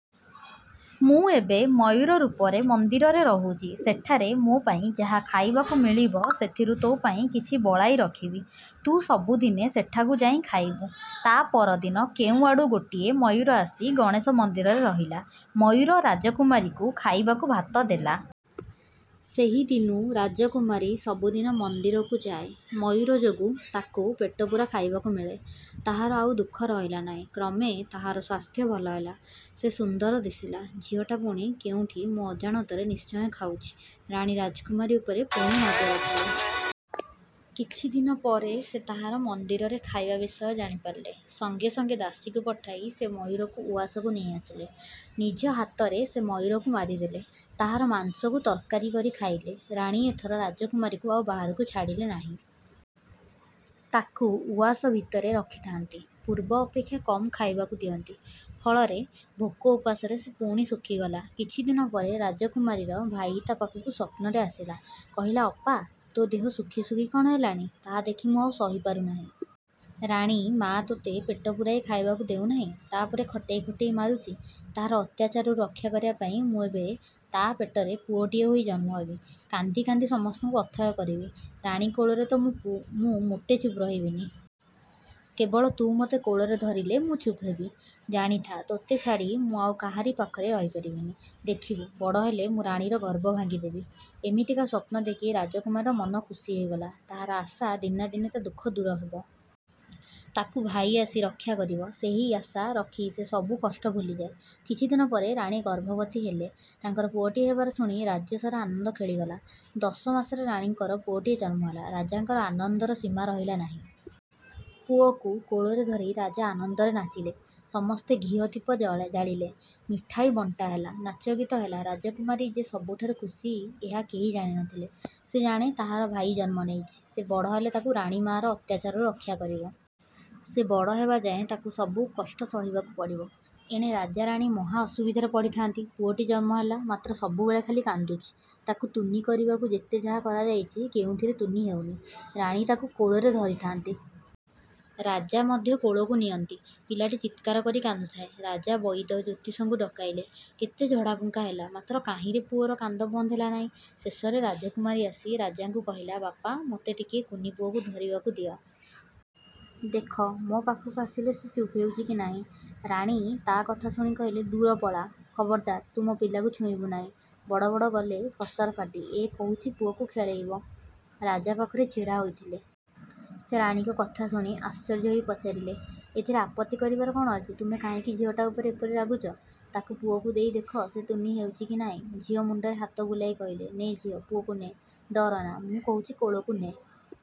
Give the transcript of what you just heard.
ମୁଁ ଏବେ ମୟୂର ରୂପରେ ମନ୍ଦିରରେ ରହୁଛି। ସେଠାରେ ମୋ ପାଇଁ ଯାହା ଖାଇବାକୁ ମିଳିବ, ସେଥିରୁ ତୋ ପାଇଁ କିଛି ବଳାଇ ରଖିବି। ତୁ ସବୁଦିନେ ସେଠାକୁ ଯାଇ ଖାଇବୁ। ତା ପରଦିନ କେଉଁଆଡ଼ୁ ଗୋଟିଏ ମୟୂର ଆସି ଗଣେଶ ମନ୍ଦିରରେ ରହିଲା। ମୟୂର ରାଜକୁମାରୀକୁ ଖାଇବାକୁ ଭାତ ଦେଲା। ସେହି ଦିନୁ ରାଜକୁମାରୀ ସବୁଦିନ ମନ୍ଦିରକୁ ଯାଏ। ମୟୂର ଯୋଗୁ ତାକୁ ପେଟପୂରା ଖାଇବାକୁ ମିଳେ। ତାହାର ଆଉ ଦୁଃଖ ରହିଲା ନାହିଁ। କ୍ରମେ ତାହାର ସ୍ୱାସ୍ଥ୍ୟ ଭଲ ହେଲା। ସେ ସୁନ୍ଦର ଦିଶିଲା। ଝିଅଟା ପୁଣି କେଉଁଠି ମୋ ଅଜାଣତରେ ନିଶ୍ଚୟ ଖାଉଛି। ରାଣୀ ରାଜକୁମାରୀ ଉପରେ ପୁଣି ନଜର ରଖିଲେ। କିଛି ଦିନ ପରେ ସେ ତାହାର ମନ୍ଦିରରେ ଖାଇବା ବିଷୟ ଜାଣିପାରିଲେ। ସଙ୍ଗେ ସଙ୍ଗେ ଦାସୀକୁ ପଠାଇ ସେ ମୟୂରକୁ ଉଆସକୁ ନେଇଆସିଲେ। ନିଜ ହାତରେ ସେ ମୟୂରକୁ ମାରିଦେଲେ। ତାହାର ମାଂସକୁ ତରକାରି କରି ଖାଇଲେ। ରାଣୀ ଏଥର ରାଜକୁମାରୀକୁ ଆଉ ବାହାରକୁ ଛାଡ଼ିଲେ ନାହିଁ। ତାକୁ ଉଆସ ଭିତରେ ରଖିଥାନ୍ତି। ପୂର୍ବ ଅପେକ୍ଷା କମ୍ ଖାଇବାକୁ ଦିଅନ୍ତି। ଫଳରେ ଭୋକ ଉପାସରେ ସେ ପୁଣି ଶୁଖିଗଲା। କିଛି ଦିନ ପରେ ରାଜକୁମାରୀର ଭାଇ ତା ପାଖକୁ ସ୍ୱପ୍ନରେ ଆସିଲା। କହିଲା, ଅପା! ତୋ ଦେହ ଶୁଖି ଶୁଖି କ'ଣ ହେଲାଣି ତାହା ଦେଖି ମୁଁ ଆଉ ସହିପାରୁନାହିଁ। ରାଣୀ ମାଆ ତୋତେ ପେଟ ପୂରାଇ ଖାଇବାକୁ ଦେଉନାହିଁ। ତା ପରେ ଖଟେଇ ଖଟେଇ ମାରୁଛି। ତାହାର ଅତ୍ୟାଚାରରୁ ରକ୍ଷା କରିବା ପାଇଁ ମୁଁ ଏବେ ତା ପେଟରେ ପୁଅଟିଏ ହୋଇ ଜନ୍ମ ହେବି। କାନ୍ଦି କାନ୍ଦି ସମସ୍ତଙ୍କୁ ଅଥୟ କରିବି। ରାଣୀ କୋଳରେ ତ ମୁଁ ପୁ ମୋଟେ ଚୁପ ରହିବିନି। କେବଳ ତୁ ମୋତେ କୋଳରେ ଧରିଲେ ମୁଁ ଚୁପ ହେବି। ଜାଣିଥା ତୋତେ ଛାଡ଼ି ମୁଁ ଆଉ କାହାରି ପାଖରେ ରହିପାରିବିନି। ଦେଖିବୁ, ବଡ଼ ହେଲେ ମୁଁ ରାଣୀର ଗର୍ବ ଭାଙ୍ଗି ଦେବି। ଏମିତିକା ସ୍ୱପ୍ନ ଦେଖି ରାଜକୁମାରୀର ମନ ଖୁସି ହୋଇଗଲା। ତାହାର ଆଶା, ଦିନେ ନା ଦିନେ ତା ଦୁଃଖ ଦୂର ହେବ। ତାକୁ ଭାଇ ଆସି ରକ୍ଷା କରିବ। ସେହି ଆଶା ରଖି ସେ ସବୁ କଷ୍ଟ ଭୁଲିଯାଏ। କିଛି ଦିନ ପରେ ରାଣୀ ଗର୍ଭବତୀ ହେଲେ। ତାଙ୍କର ପୁଅଟିଏ ହେବାର ଶୁଣି ରାଜ୍ୟ ସାରା ଆନନ୍ଦ ଖେଳିଗଲା। ଦଶ ମାସରେ ରାଣୀଙ୍କର ପୁଅଟିଏ ଜନ୍ମ ହେଲା। ରାଜାଙ୍କ ଆନନ୍ଦର ସୀମା ରହିଲା ନାହିଁ। ପୁଅକୁ କୋଳରେ ଧରି ରାଜା ଆନନ୍ଦରେ ନାଚିଲେ। ସମସ୍ତେ ଘିଅ ଦୀପ ଜାଳିଲେ। ମିଠାଇ ବଣ୍ଟା ହେଲା। ନାଚଗୀତ ହେଲା। ରାଜକୁମାରୀ ଯେ ସବୁଠାରୁ ଖୁସି ଏହା କେହି ଜାଣି ନ ଥିଲେ। ସେ ଜାଣେ, ତାହାର ଭାଇ ଜନ୍ମ ନେଇଛି। ସେ ବଡ଼ ହେଲେ ତାକୁ ରାଣୀ ମାଆର ଅତ୍ୟାଚାରରୁ ରକ୍ଷା କରିବ। ସେ ବଡ଼ ହେବା ଯାଏ ତାକୁ ସବୁ କଷ୍ଟ ସହିବାକୁ ପଡ଼ିବ। ଏଣେ ରାଜା ରାଣୀ ମହା ଅସୁବିଧାରେ ପଡ଼ିଥାନ୍ତି। ପୁଅଟି ଜନ୍ମ ହେଲା, ମାତ୍ର ସବୁବେଳେ ଖାଲି କାନ୍ଦୁଛି। ତାକୁ ତୁନି କରିବାକୁ ଯେତେ ଯାହା କରାଯାଇଛି, କେଉଁଥିରେ ତୁନି ହେଉନି। ରାଣୀ ତାକୁ କୋଳରେ ଧରିଥାନ୍ତି। ରାଜା ମଧ୍ୟ କୋଳକୁ ନିଅନ୍ତି। ପିଲାଟି ଚିତ୍କାର କରି କାନ୍ଦୁଥାଏ। ରାଜା ବଇଦ, ଜ୍ୟୋତିଷଙ୍କୁ ଡକାଇଲେ। କେତେ ଝଡ଼ାଫୁଙ୍କା ହେଲା, ମାତ୍ର କାହିଁରେ ପୁଅର କାନ୍ଦ ବନ୍ଦ ହେଲା ନାହିଁ। ଶେଷରେ ରାଜକୁମାରୀ ଆସି ରାଜାଙ୍କୁ କହିଲା, ବାପା, ମୋତେ ଟିକିଏ କୁନି ପୁଅକୁ ଧରିବାକୁ ଦିଅ। ଦେଖ, ମୋ ପାଖକୁ ଆସିଲେ ସେ ଚୁପ ହେଉଛି କି ନାହିଁ। ରାଣୀ ତା କଥା ଶୁଣି କହିଲେ, ଦୂର ପଳା। ଖବରଦାର, ତୁ ମୋ ପିଲାକୁ ଛୁଇଁବୁ ନାହିଁ। ବଡ଼ ବଡ଼ ଗଲେ ଫସର ଫାଟି, ଏ କହୁଛି ପୁଅକୁ ଖେଳେଇବ? ରାଜା ପାଖରେ ଛିଡ଼ା ହୋଇଥିଲେ। ସେ ରାଣୀଙ୍କ କଥା ଶୁଣି ଆଶ୍ଚର୍ଯ୍ୟ ହୋଇ ପଚାରିଲେ, ଏଥିରେ ଆପତ୍ତି କରିବାର କ'ଣ ଅଛି? ତୁମେ କାହିଁକି ଝିଅଟା ଉପରେ ଏପରି ରାଗୁଛ? ତାକୁ ପୁଅକୁ ଦେଇ ଦେଖ, ସେ ତୁନି ହେଉଛି କି ନାହିଁ। ଝିଅ ମୁଣ୍ଡରେ ହାତ ବୁଲାଇ କହିଲେ, ନେ ଝିଅ, ପୁଅକୁ ନେ। ଡରନା, ମୁଁ କହୁଛି କୋଳକୁ ନେ।